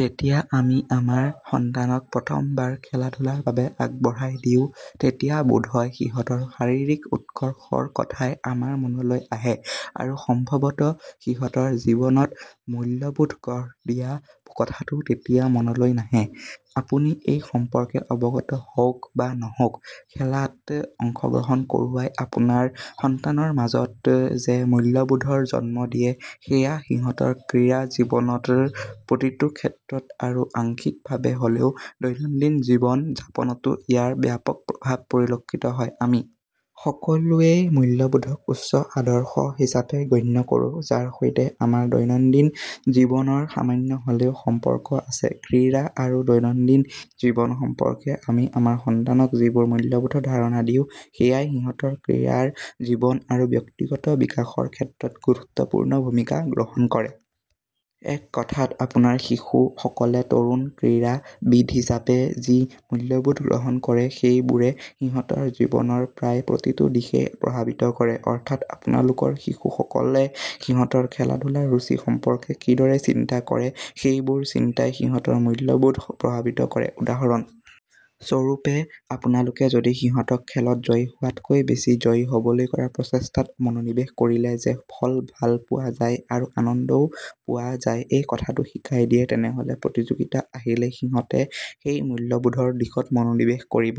যেতিয়া আমি আমাৰ সন্তানক প্ৰথম বাৰ খেলা ধূলাৰ বাবে আগবঢ়াই দিওঁ, তেতিয়া বোধহয় সিহঁতৰ শাৰীৰিক উৎকৰ্ষৰ কথাই আমাৰ মনলৈ আহে আৰু সম্ভবতঃ সিহঁতৰ জীৱনত মূল্যবোধ গঢ় দিয়া কথাটো তেতিয়া মনলৈ নাহে। আপুনি এই সম্পৰ্কে অৱগত হওক বা নহওক খেলাত অংশগ্ৰহণ কৰোৱাই আপোনাৰ সন্তানৰ মাজত যে মূল্যবোধৰ জন্ম দিয়ে, সেয়া সিহঁতৰ ক্ৰীড়া জীৱনৰ প্ৰতিটো ক্ষেত্ৰত আৰু আংশিক ভাবে হ'লেও দৈনন্দিন জীৱন যাপনতো ইয়াৰ ব্যাপক প্ৰভাৱ পৰিলক্ষিত হয়। আমি সকলোৱেই মূল্যবোধক উচ্চ আদৰ্শ হিচাপে গণ্য কৰোঁ। যাৰ সৈতে আমাৰ দৈনন্দিন জীৱনৰ সামান্য হলেও সম্পৰ্ক আছে। ক্ৰীড়া আৰু দৈনন্দিন জীৱন সম্পৰ্কে আমি আমাৰ সন্তানক যিবোৰ মূল্যবোধৰ ধাৰণা দিওঁ, সেয়াই সিহঁতৰ ক্ৰীড়াৰ জীৱন আৰু ব্যক্তিগত বিকাশৰ ক্ষেত্ৰত গুৰুত্বপূৰ্ণ ভুমিকা গ্ৰহণ কৰে। এক কথাত আপোনাৰ শিশু সকলে তৰুণ ক্ৰীড়া বিদ হিচাপে যি মূল্যবোধ গ্ৰহণ কৰে, সেইবোৰে সিহঁতৰ জীৱনৰ প্ৰায় প্ৰতিটো দিশেই প্ৰভাবিত কৰে। অৰ্থাৎ আপোনালোকৰ শিশু সকলে সিহঁতৰ খেলাধূলাৰ ৰুচি সম্পৰ্কে কিদৰে চিন্তা কৰে সেইবোৰ চিন্তাই সিহঁতৰ মূল্যবোধ প্ৰভাবিত কৰে। উদাহৰণ স্বৰূপে আপোনালোকে যদি সিহঁতক খেলত জয়ী হোৱাতকৈ বেছি জয়ী হ'বলৈ কৰা প্ৰচেষ্টাত মনোনিবেশ কৰিলে যে ফল ভাল পোৱা যায় আৰু আনন্দও পোৱা যায়, এই কথাটো শিকাই দিয়ে, তেনেহলে প্ৰতিযোগিতা আহিলেই সিহঁতে সেই মূল্যবোধৰ দিশত মনোনিবেশ কৰিব।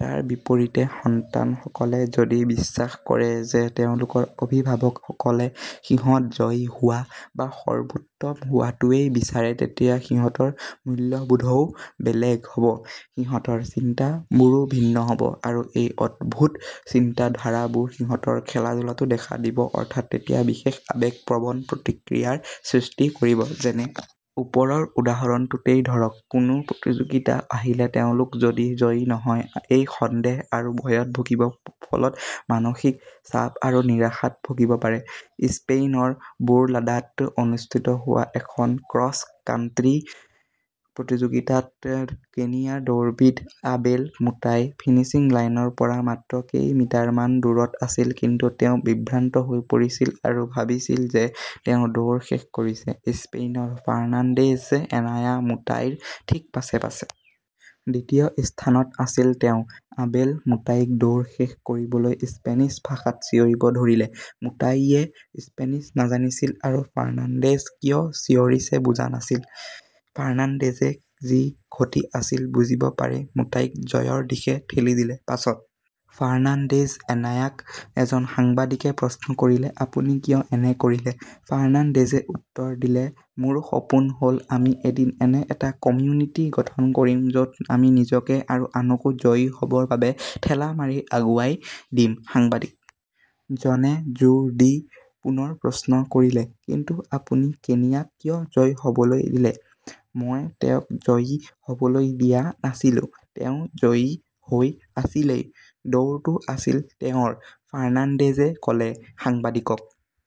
তাৰ বিপৰীতে সন্তান সকলে যদি বিশ্বাস কৰে যে তেওঁলোকৰ অভিভাৱক সকলে সিহঁত জয়ী হোৱা বা সৰ্ব্বোত্তম হোৱাটোৱেই বিচাৰে, তেতিয়া সিহঁতৰ মূল্যবোধও বেলেগে হ'ব। সিহঁতৰ চিন্তা বোৰো ভিন্ন হব। আৰু এই অদ্ভুত চিন্তা ধাৰা বোৰ সিহঁতৰ খেলাধূলাটো দেখা দিব অৰ্থাৎ তেতিয়া বিশেষ আবেগ প্ৰবন প্ৰতিক্ৰিয়াৰ সৃষ্টি কৰিব। যেনে ওপৰৰ উদাহৰণটোতেই ধৰক, কোনো প্ৰতিযোগিতা আহিলে তেওঁলোক যদি জয়ী নহয় এই সন্দেহ আৰু ভয়ত ভুগিব ফলত মানসিক চাপ আৰু নিৰাশাত ভুগিব পাৰে। স্পেইনৰ বুৰলাডাত অনুষ্ঠিত হোৱা এখন ক্ৰচ কান্ত্ৰি প্ৰতিযোগিতাত কেনিয়াৰ দৌৰবিদ আবেল মুতাই ফিনিশ্বিং লাইনৰ পৰা মাত্ৰ কেইমিটাৰ মান দূৰত আছিল, কিন্তু তেওঁ বিভ্ৰান্ত হৈ পৰিছিল আৰু ভাবিছিল যে তেওঁ দৌৰ শেষ কৰিছে স্পেইনৰ ফাৰ্নাণ্ডেজ এনায়া মুতাইৰ থিক পাছে পাছে। দ্বিতীয় স্হানত আছিল তেওঁ। আবেল মুতাইক দৌৰ শেষ কৰিবলৈ স্পেনিছ ভাষাত চিঞৰিব ধৰিলে। মুতাইয়ে স্পেনিছ নাজানিছিল আৰু ফাৰ্নাণ্ডেজে কিয় চিঞৰিছে বুজা নাছিল। ফাৰ্নান্দেজে‌ যি ঘটি আছিল বুজিব পাৰি মুতাইক জয়ৰ দিশে ঠেলি দিলে। পাছত ফাৰ্নান্দেজ এনায়াক এজন সাংবাদিকে প্ৰশ্ন কৰিলে, আপুনি কিয় এনে কৰিলে। ফাৰ্নাণ্ডেজে উত্তৰ দিলে মোৰ সপোন হ'ল আমি এদিন এনে এটা কমিউনিটি গঠন কৰিম য'ত আমি নিজকে আৰু আনকো জয়ী হ'বৰ বাবে ঠেলা মাৰি আগুৱাই দিম। সাংবাদিক জনে জোৰ দি পুনৰ প্ৰশ্ন কৰিলে, কিন্তু আপুনি কেনিয়াক কিয় জয়ী হ'বলৈ দিলে? মই তেওঁক জয়ী হবলৈ দিয়া নাছিলো, তেওঁ জয়ী হৈ আছিলেই। দৌৰটো আছিল তেওঁৰ, ফাৰ্নাণ্ডেজে ক'লে সাংবাদিকক।